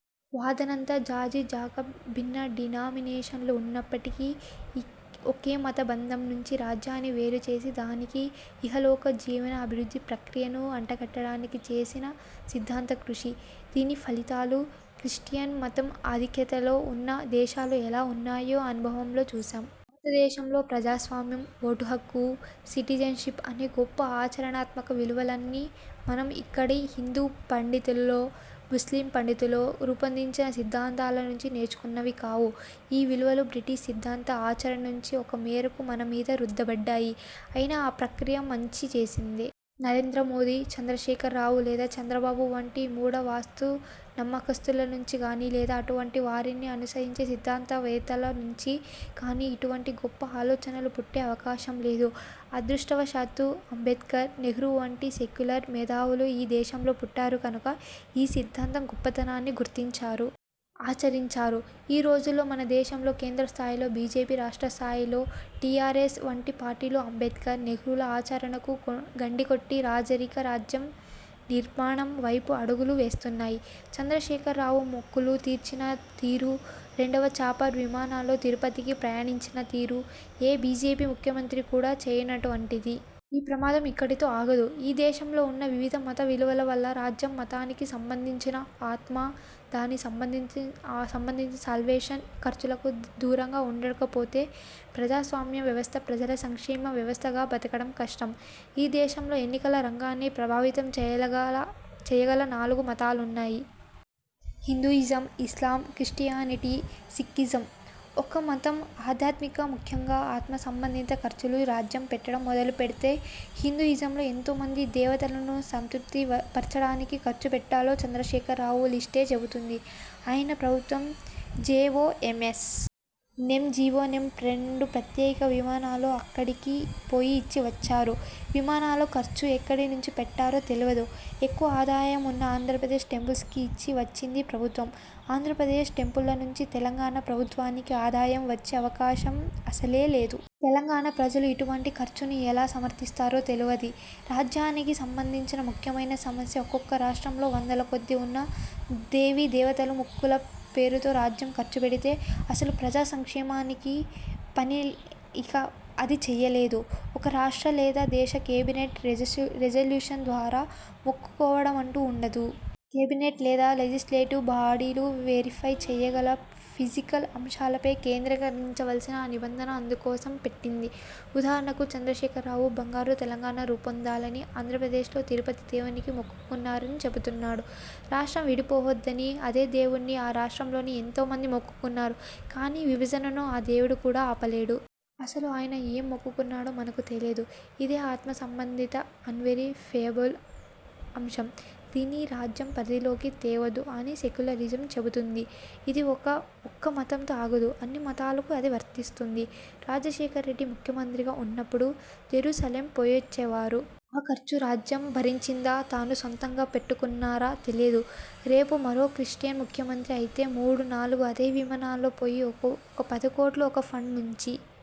వాదనంతా George Jacob భిన్న డినామినేషన్లు ఉన్నప్పటి ఒకే మత బంధం నుంచి రాజ్యాన్ని వేరు చేసి దానికి ఇహలోక జీవన అభివృద్ధి ప్రక్రియను అంటగట్టడానికి చేసిన సిద్ధాంత కృషి. దీని ఫలితాలు క్రిస్టియన్ మతం ఆధిక్యతలో ఉన్న దేశాల్లో ఎలా ఉన్నాయో అనుభవంలో చూశాం. భారతదేశంలో ప్రజాస్వామ్యం, ఓటుహక్కు, సిటిజెన్షిప్ అనే గొప్ప ఆచరణాత్మక విలువల్ని మనం ఇక్కడి హిందూ పండితులో, ముస్లిం పండితులో రూపొందించిన సిద్ధాంతాల నుంచి నేర్చుకున్నవి కావు. ఇ విలువలు బ్రిటిష్ సిద్ధాంత, ఆచరణ నుంచి ఒక మేరకు మన మీద రుద్దబడ్డాయి. ఐనా ఆ ప్రక్రియ మంచే చేసింది. నరేంద్ర మోదీ, చంద్రశేఖర్ రావు లేదా చంద్రబాబు వంటి మూఢ, వాస్తు నమ్మకస్తుల నుంచి గానీ, లేదా అటువంటి వారిని అనుసరించే సిద్ధాంతవేత్తల నుంచి గానీ ఇటువంటి గొప్ప ఆలోచనలు పుట్టే అవకాశం లేదు. అదృష్టవశాత్తు అంబేడ్కర్, నెహ్రూ వంటి సెక్యులర్ మేధావులు ఈ దేశంలో పుట్టారు కనుక ఈ సిద్ధాంతం గొప్పతనాన్ని గుర్తించారు. ఆచరించారు. ఈ రోజుల్లో మన దేశంలో కేంద్ర స్థాయిలో బీజేపీ రాష్ట్ర స్థాయిలో టీఆర్ఎస్ వంటి పార్టీలు అంబేడ్కర్, నెహ్రూల ఆచరణకు గండికొట్టి రాజరిక రాజ్య నిర్మాణం వైపు అడుగులు వేస్తున్నాయి. చంద్రశేఖర్ రావు మొక్కులు తీర్చిన తీరు, రెండు చాపర్ విమానాల్లో తిరుపతికి ప్రయాణించిన తీరు, ఏ బీజేపీ ముఖ్యమంత్రి కూడా చెయ్యనటువంటిది. ఈ ప్రమాదం ఇక్కడితో ఆగదు. ఈ దేశంలో ఉన్న వివిధ మత విలువల వల్ల రాజ్యం మతానికి సంబంధించిన ఆత్మ, దాని సంబంధిత సాల్వేషన్ ఖర్చులకు దూరంగా ఉండకపోతే ప్రజాస్వామ్య వ్యవస్థ ప్రజల సంక్షేమ వ్యవస్థగా బతకడం కష్టం. ఈ దేశంలో ఎన్నికల రంగాన్ని ప్రభావితం చెయ్యగల నాలుగు మతాలున్నాయి. హిందూయిజం, ఇస్లాం, క్రిస్టియానిటీ, సిక్కిజం. ఒక మతం ఆధ్యాత్మిక ముఖ్యంగా ఆత్మ సంబంధిత ఖర్చులు రాజ్యం పెట్టడం మొదలు పెడితే హిందూ ఇజంలో ఎంత మంది దేవతలను సంతృప్తి పర్చడానికి ఖర్చు పెట్టాలో చంద్రశేఖర్ రావు లిస్టే చెబుతుంది. ఆయన ప్రభుత్వం జీవో ఎం. ఎస్. నెం. జీవో నెం. రెండు ప్రత్యేక విమానాల్లో అక్క డికి పోయి ఇచ్చి వచ్చారు. విమానాల ఖర్చు ఎక్కడి నుంచి పెట్టారో తెలువదు. ఎక్కువ ఆదాయం ఉన్న ఆంధ్రప్రదేశ్ టెంపుల్స్ కి ఇచ్చి వచ్చిందీ ప్రభుత్వం. ఆంధ్రప్రదేశ్ టెంపుళ్ల నుంచి తెలంగాణ ప్రభుత్వానికి ఆదాయం వచ్చే అవకాశం అసలే లేదు. తెలంగాణ ప్రజలు ఇటువంటి ఖర్చును ఎలా సమర్థిస్తారో తెలువది. రాజ్యానికి సంబంధించిన ముఖ్యమైన సమస్య ఒక్కొక్క రాష్ట్రంలో వందల కొద్దీ ఉన్న దేవీదేవతలు మొక్కుల పేరుతో రాజ్యం ఖర్చుపెడితే అసలు ప్రజా సంక్షేమమనే పని ఇక అది చెయ్యలేదు. ఒక రాష్ట్ర లేదా దేశ కేబినెట్ రెజల్యూషన్ ద్వారా మొక్కుకోవడమంటూ ఉండదు. కేబినెట్ లేదా లెజిస్లేటివ్ బాడీలు వెరిఫై చెయ్యగల ఫిజికల్ అంశాలపై కేంద్రీకరించవలసిన నిబంధన అందుకోసం పెట్టింది. ఉదాహరణకు చంద్రశేఖర్ రావు బంగారు తెలంగాణ రూపొందాలని ఆంధ్రప్రదేశ్లో తిరుపతి దేవునికి మొక్కుకున్నానని చెబుతున్నాడు. రాష్ట్రం విడిపోవద్దని అదే దేవుణ్ణి ఆ రాష్ట్రంలోని ఎంతోమంది మొక్కుకున్నారు. కానీ విభజనను ఆ దేవుడు ఆపలేదు. అసలు ఆయన ఏం మొక్కుకున్నాడో మనకు తెలియదు. ఇదే ఆత్మ సంబంధిత అన్వెరి ఫెయబుల్ అంశం. దీన్ని రాజ్యం పరిధిలోకి తేవద్దు అని సెక్యులరిజం చెబుతుంది. ఇది ఒక్క మతంతో ఆగదు. అన్ని మతాలకు అది వర్తిస్తుంది. రాజశేఖర్ రెడ్డి ముఖ్యమంత్రిగా ఉన్నప్పుడు జెరూసలేం పొయ్యొచ్చేవారు. ఆ ఖర్చు రాజ్యం భరించిందా తాను సొంతంగా పెట్టుకున్నారా తెలియదు. రేపు మరో క్రిస్టియన్ ముఖ్యమంత్రి అయితే మూడు నాలుగు అదే విమానాల్లో పోయి ఒక పదికోట్లు ఒక ఫండ్ నుంచి